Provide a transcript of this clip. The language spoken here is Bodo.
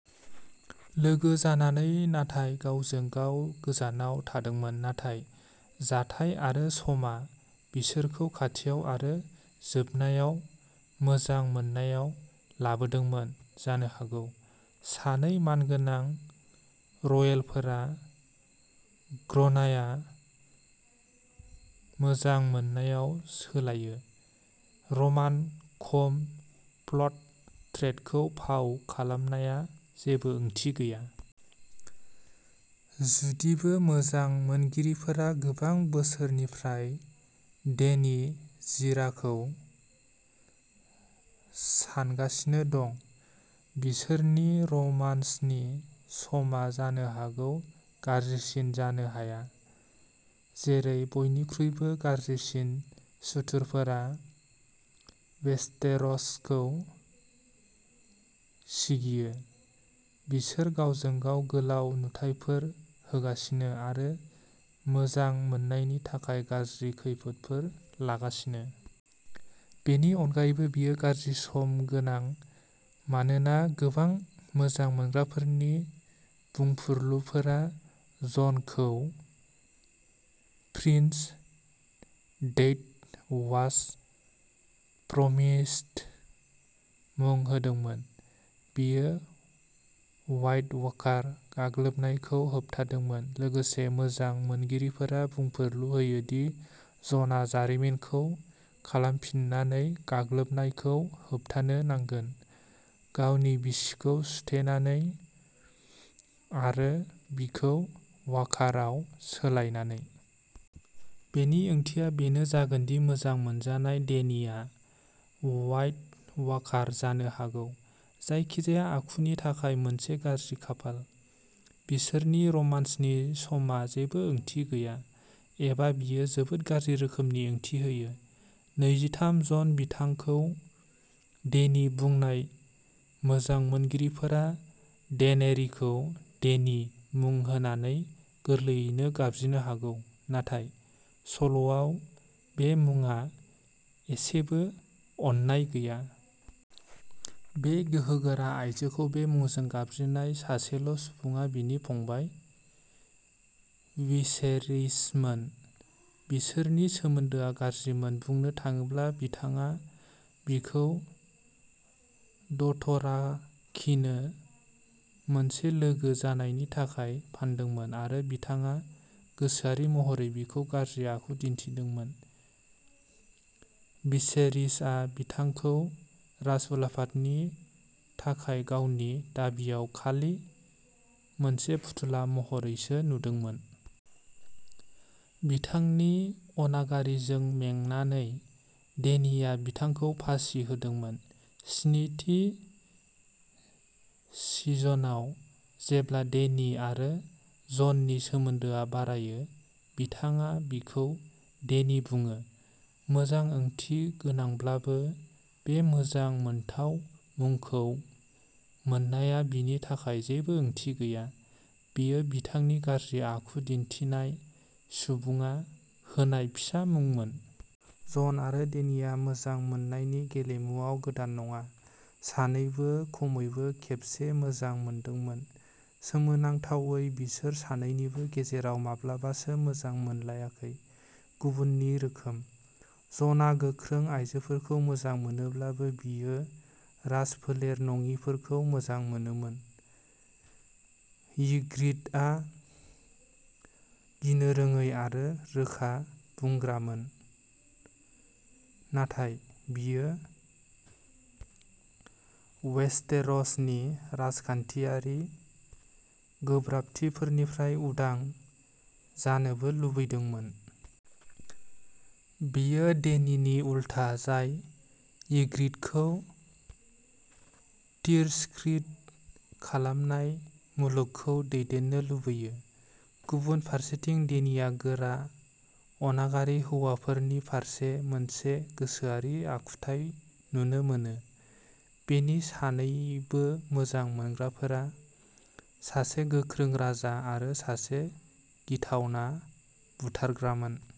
लोगो जानानै, नाथाय गावजों गाव गोजानाव थादोंमोन। नाथाय, जाथाय आरो समा बिसोरखौ खाथियाव आरो जोबनायाव मोजां मोननायाव लाबोदोंमोन जानो हागौ। सानै मानगोनां रयेलफोरा "घृणाया मोजां मोननायाव सोलायो" रमान-कम प्लट थ्रेडखौ फाव खालामनाया जेबो ओंथि गैया। जुदिबो मोजां मोनगिरिफोरा गोबां बोसोरनिफ्राय डेनी ि जराखौ सानगासिनो दं, बिसोरनि रमान्सनि समआ जानो हागौ गाज्रिसिन जानो हाया। जेरै बयनिख्रुइबो गाज्रिसिन सुथुरफोरा वेस्टेरसखौ सिगियो, बिसोर गावजों-गाव गोलाव नुथायफोर होगासिनो आरो मोजां मोननायनि थाखाय गाज्रि खैफोदफोर लागासिनो। बेनि अनगायैबो, बेयो गाज्रि सम गोनां मानोना गोबां मोजां मोनग्राफोरनि बुंफुरलुफोरा जनखौ "प्रिन्स दैट वास प्रमिस्ड" मुं होदोंमोन। बियो व्हाइट वाकार गाग्लोबनायखौ होबथायगोन। लोगोसे, मोजां मोनगिरिफोरा बुंफुरलु होयो दि जनआ जारिमिनखौ खालामफिननानै गाग्लोबनायखौ होबथानो नांगोनः गावनि बिसिखौ सुथेनानै आरो बिखौ वाकारआव सोलायनानै। बेनि ओंथिया बेनो जागोन दि मोजां मोनजानाय डेनीआ व्हाइट वाकार जानो हागौ, जायखिजाया आखुनि थाखाय मोनसे गाज्रि खाफाल। बिसोरनि रमान्सनि समआ जेबो ओंथि गैया। एबा बेयो जोबोद गाज्रि रोखोमनि ओंथि होयो। नैजि, थाम जन बिथांखौ "डेनी" बुंनाय मोजां मोनगिरिफोरा डेनेरिखौ "डेनी" मुं होनानै गोरलैयैनो गाबज्रिनो हागौ, नाथाय सल'आव, बे मुङा एसेबो अननाय गैया। बे गोहोगोरा आयजोखौ बे मुंजों गाबज्रिनाय सासेल'सुबुङा बिनि फंबाय, विसेरिसमोन। बिसोरनि सोमोन्दोआ गाज्रिमोन, बुंनो थाङोब्ला। बिथाङा बिखौ डथराकीनो मोनसे लोगो जानायनि थाखाय फानदोंमोन आरो बिथाङा गोसोआरि महरै बिखौ गाज्रि आखु दिन्थिदोंमोन। भिसेरिसआ बिथांखौ राजउलाफादनि थाखाय गावनि दाबिआव खालि मोनसे फुथुला महरैसो नुदोंमोन। बिथांनि अनागारिजों मेंनानै, डेनीआ बिथांखौ फासि होदोंमोन। स्निथि सिजनआव, जेब्ला डेनी आरो जननि सोमोन्दोआ बारायो, बिथाङा बिखौ डेनी बुङो। मोजां ओंथि गोनांब्लाबो, बे मोजां मोनथाव मुंखौ मोननाया बिनि थाखाय जेबो ओंथि गैया। बेयो बिथांनि गाज्रि आखु दिन्थिनाय सुबुङा होनाय फिसा मुंमोन। जन आरो डेनीआ मोजां मोननायनि गेलेमुआव गोदान नङा। सानैबो खमैबो खेबसे मोजां मोनदोंमोन। सोमोनांथावै, बिसोर सानैनिबो गेजेराव माब्लाबासो मोजां मोनलायाखै। गुबुननि रोखोम। ज'नआ गोख्रों आइजोफोरखौ मोजां मोनोब्लाबो, बियो राजफोलेर नङिफोरखौ मोजां मोनोमोन। यिग्रिटआ गिनो रोङै आरो रोखा बुंग्रामोन, नाथाय बियो वेस्टेरसनि राजखान्थियारि गोब्राबथिफोरनिफ्राय उदां जानोबो लुबैदोंमोन। बेयो डेनिनि उल्था, जाय यिग्रिटखौ तिरस्कृत खालामनाय मुलुगखौ दैदेननो लुबैयो। गुबुन फारसेथिं, डेनिआ गोरा, अनागारि हौवाफोरनि फारसे मोनसे गोसोआरि आखुथाय नुनो मोनो। बिनि सानैबो मोजां मोनग्राफोरा सासे गोख्रों राजा आरो सासे गिथावना बुथारग्रामोन।